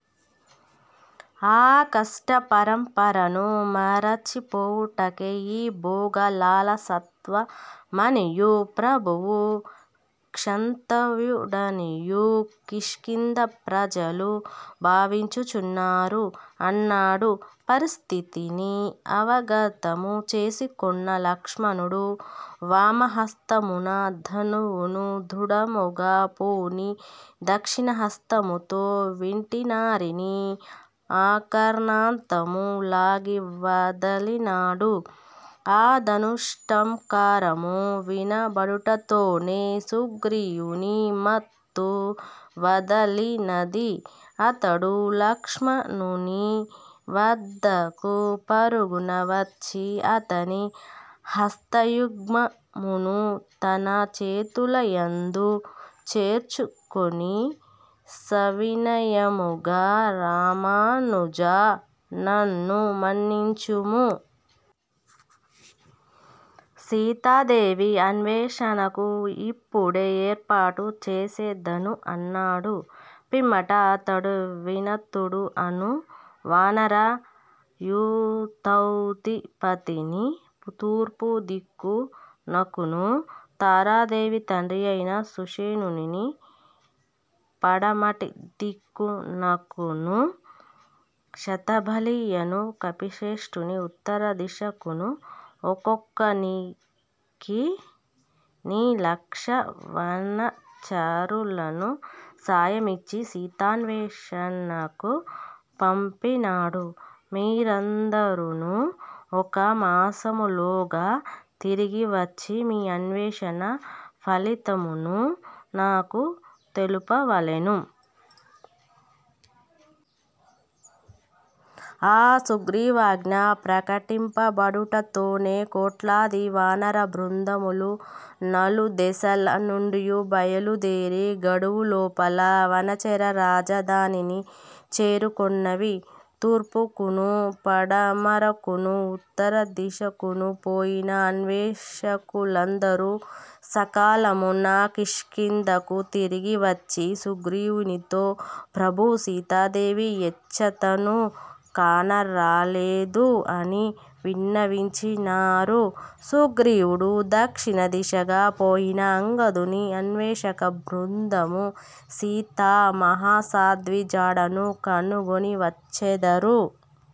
ఆ కష్టపరంపరను మరచిపోవుటకే ఈ భోగ లాలసత్వమనియూ, ప్రభువు క్షంతవ్యుడనియూ కిష్కింధ ప్రజలు భావించుచున్నారు అన్నాడు. పరిస్థితిని అవగతము చేసికొన్న లక్ష్మణుడు వామహస్తమున ధనువును దృఢముగ పూని దక్షిణహస్తముతో వింటినారిని ఆకర్నాంతము లాగి వదలినాడు. ఆ ధనుష్టంకారము వినబడుటతోనే సుగ్రీవుని మత్తు వదలినది. అతడు లక్ష్మణుని వద్దకు పరుగున వచ్చి అతని హస్తయుగ్మమును తన చేతులయందు చేర్చుకొని సవినయముగ రామానుజా, నన్ను మన్నించుము. సీతాదేవి అన్వేషణకు ఇప్పుడే ఏర్పాటు చేసెదను అన్నాడు పిమ్మట అతడు వినతుడు అను వానర యూథౌధిపతిని తూర్పుదిక్కు నకునూ తారాదేవి తండ్రియైన సుషేణు ని పడమటి దిక్కునకును 'శతబలి' యను కపిశ్రేష్ఠుని ఉత్తరదిశకును ఒక్కొక్కనికినీ లక్ష వనచరులను సాయమిచ్చి సీతాన్వేషణకు పంపినాడు. మీరందరునూ ఒక మాసములోగా తిరిగి వచ్చి మీ అన్వేషణ ఫలితముణు నాకు తెలుపవలెను. ఆ సుగ్రీవాజ్ఞ ప్రకటింపబడుటతోనే కోట్లాది వానర బృందములు నలుదెసల నుండియు బయలుదేరి గడువు లోపల వనచర రాజధానిని చేరుకొన్నవి. తూర్పుకును పడమరకును ఉత్తరదిశకును పోయిన అన్వేషకులందరు సకాలమున కిష్కింధకు తిరిగివచ్చి సుగ్రీవునితో ప్రభూ సీతాదేవి యెచ్చతను కానరాలేదు అని విన్నవించినారు. సుగ్రీవుడు దక్షిణదిశగా పోయిన అంగదుని అన్వేషక బృందము సీతా మహాసాధ్వి జాడను కనుగొని వచ్చెదరు.